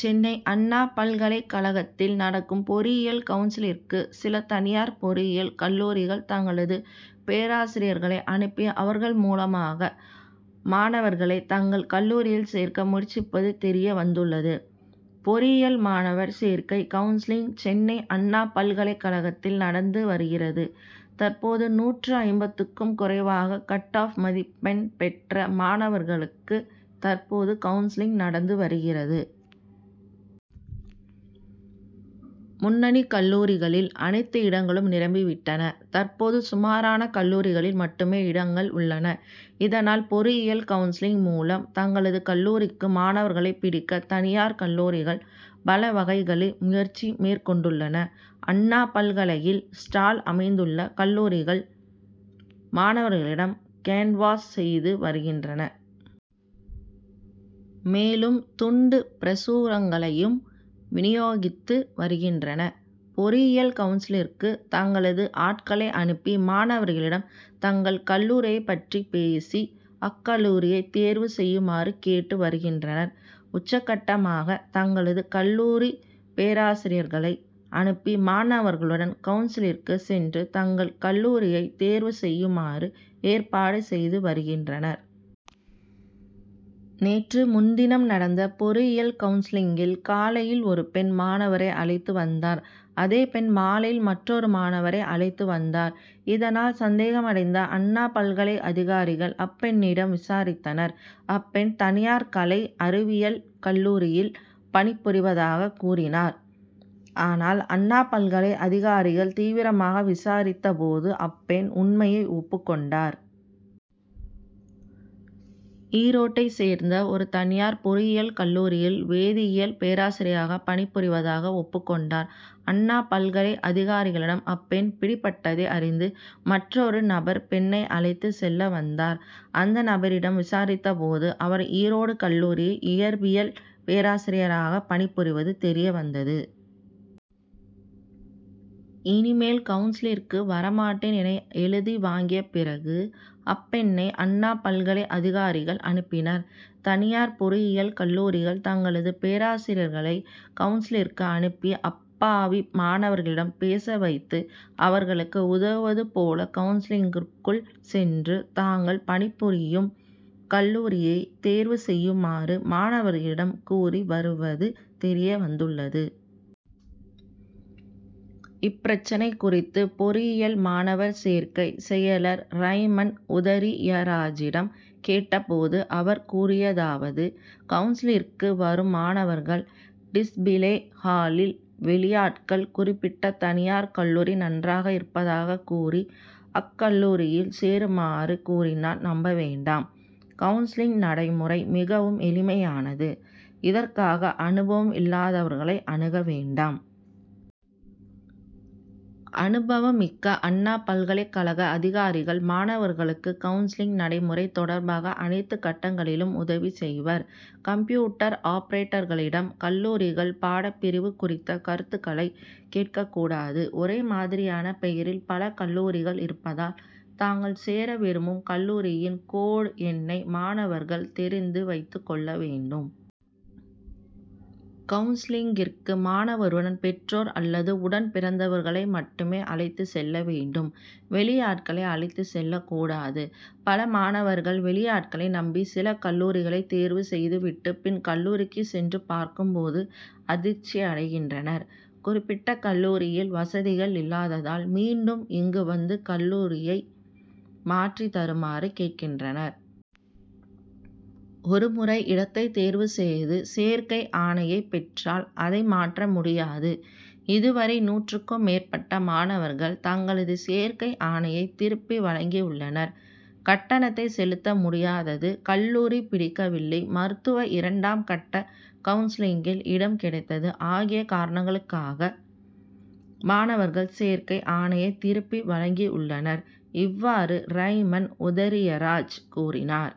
சென்னை அண்ணா பல்கலைக்கழகத்தில் நடக்கும் பொறியியல் கவுன்சிலிங்கிற்கு, சில தனியார் பொறியியல் கல்லூரிகள் தங்களது பேராசிரியர்களை அனுப்பி, அவர்கள் மூலமாக மாணவர்களை தங்கள் கல்லூரியில் சேர்க்க முயற்சிப்பது தெரிய வந்துள்ளது. பொறியியல் மாணவர் சேர்க்கை கவுன்சிலிங் சென்னை அண்ணா பல்கலைக்கழகத்தில் நடந்து வருகிறது. தற்போது நூற்று ஐம்பதுக்கும் குறைவாக, "கட்-ஆப்' மதிப்பெண் பெற்ற மாணவர்களுக்கு தற்போது கவுன்சிலிங் நடந்து வருகிறது. முன்னணி கல்லூரிகளில் அனைத்து இடங்களும் நிரம்பிவிட்டன. தற்போது சுமாரான கல்லூரிகளில் மட்டுமே இடங்கள் உள்ளன. இதனால், பொறியியல் கவுன்சிலிங் மூலம் தங்களது கல்லூரிக்கு மாணவர்களை பிடிக்க தனியார் கல்லூரிகள் பல வகைகளில் முயற்சி மேற்கொண்டுள்ளன. அண்ணா பல்கலையில் ஸ்டால் அமைத்துள்ள கல்லூரிகள் மாணவர்களிடம் "கேன்வாஸ்' செய்து வருகின்றன. மேலும் துண்டு பிரசுரங்களையும் வினியோகித்து வருகின்றன. பொறியியல் கவுன்சிலிங்கிற்கு தங்களது ஆட்களை அனுப்பி, மாணவர்களிடம் தங்கள் கல்லூரியை பற்றி பேசி, அக்கல்லூரியை தேர்வு செய்யுமாறு கேட்டு வருகின்றனர். உச்சகட்டமாக, தங்களது கல்லூரி பேராசிரியர்களை அனுப்பி, மாணவர்களுடன் கவுன்சிலிங்கிற்கு சென்று தங்கள் கல்லூரியை தேர்வு செய்யுமாறு ஏற்பாடு செய்து வருகின்றனர். நேற்று முன்தினம் நடந்த பொறியியல் கவுன்சிலிங்கில், காலையில் ஒரு பெண், மாணவரை அழைத்து வந்தார். அதே பெண், மாலையில் மற்றொரு மாணவரை அழைத்து வந்தார். இதனால் சந்தேகமடைந்த அண்ணா பல்கலை அதிகாரிகள், அப்பெண்ணிடம் விசாரித்தனர். அப்பெண், தனியார் கலை, அறிவியல் கல்லூரியில் பணிபுரிவதாக கூறினார். ஆனால், அண்ணா பல்கலை அதிகாரிகள் தீவிரமாக விசாரித்த போது, அப்பெண் உண்மையை ஒப்புக் கொண்டார். ஈரோட்டை சேர்ந்த ஒரு தனியார் பொறியியல் கல்லூரியில் வேதியியல் பேராசிரியராக பணிபுரிவதாக ஒப்புக் கொண்டார். அண்ணா பல்கலை அதிகாரிகளிடம் அப்பெண் பிடிபட்டதை அறிந்து, மற்றொரு நபர் பெண்ணை அழைத்து செல்ல வந்தார். அந்நபரிடம் விசாரித்த போது, அவர் ஈரோடு கல்லூரியில் இயற்பியல் பேராசிரியராக பணிபுரிவது தெரிய வந்தது. "இனிமேல் கவுன்சிலிங்கிற்கு வர மாட்டேன்' என எழுதி வாங்கிய பிறகு, அப்பெண்ணை அண்ணா பல்கலை அதிகாரிகள் அனுப்பினர். தனியார் பொறியியல் கல்லூரிகள் தங்களது பேராசிரியர்களை கவுன்சிலிங்கிற்கு அனுப்பி, அப்பாவி மாணவர்களிடம் பேச வைத்து, அவர்களுக்கு உதவுவது போல கவுன்சிலிங்கிற்குள் சென்று, தாங்கள் பணிபுரியும் கல்லூரியை தேர்வு செய்யுமாறு மாணவர்களிடம் கூறி வருவது தெரிய வந்துள்ளது. இப்பிரச்னை குறித்து பொறியியல் மாணவர் சேர்க்கை செயலர் ரைமண்ட் உதரியராஜிடம் கேட்ட போது அவர் கூறியதாவது:கவுன்சிலிங்கிற்கு வரும் மாணவர்கள், "டிஸ்பிளே ஹாலில்' வெளியாட்கள், குறிப்பிட்ட தனியார் கல்லூரி நன்றாக இருப்பதாக கூறி அக்கல்லூரியில் சேருமாறு கூறினால் நம்ப வேண்டாம். கவுன்சிலிங் நடைமுறை மிகவும் எளிமையானது. இதற்காக அனுபவம் இல்லாதவர்களை அணுக வேண்டாம். அனுபவம் மிக்க அண்ணா பல்கலைக்கழக அதிகாரிகள், மாணவர்களுக்கு கவுன்சிலிங் நடைமுறை தொடர்பாக அனைத்துக் கட்டங்களிலும் உதவி செய்வர். கம்ப்யூட்டர் ஆபரேட்டர்களிடம் கல்லூரிகள், பாடப்பிரிவு குறித்த கருத்துக்களை கேட்கக் கூடாது. ஒரே மாதிரியான பெயரில் பல கல்லூரிகள் இருப்பதால், தாங்கள் சேர விரும்பும் கல்லூரியின் கோடு எண்ணை மாணவர்கள் தெரிந்து வைத்துக் கொள்ள வேண்டும். கவுன்சிலிங்கிற்கு மாணவருடன், பெற்றோர் அல்லது உடன்பிறந்தவர்களை மட்டுமே அழைத்துச் செல்ல வேண்டும். வெளியாட்களை அழைத்துச் செல்லக் கூடாது. பல மாணவர்கள் வெளியாட்களை நம்பி, சில கல்லூரிகளை தேர்வு செய்து விட்டு, பின் கல்லூரிக்கு சென்று பார்க்கும் போது அதிர்ச்சியடைகின்றனர். குறிப்பிட்ட கல்லூரியில் வசதிகள் இல்லாததால், மீண்டும் இங்கு வந்து கல்லூரியை மாற்றித் தருமாறு கேட்கின்றனர். ஒரு முறை இடத்தை தேர்வு செய்து சேர்க்கை ஆணையை பெற்றால், அதை மாற்ற முடியாது. இதுவரை நூற்றுக்கும் மேற்பட்ட மாணவர்கள் தங்களது சேர்க்கை ஆணையை திருப்பி வழங்கியுள்ளனர். கட்டணத்தை செலுத்த முடியாதது, கல்லூரி பிடிக்கவில்லை, மருத்துவ இரண்டாம் கட்ட கவுன்சிலிங்கில் இடம் கிடைத்தது ஆகிய காரணங்களுக்காக மாணவர்கள் சேர்க்கை ஆணையை திருப்பி வழங்கியுள்ளனர். இவ்வாறு ரைமண்ட் உதரியராஜ் கூறினார்.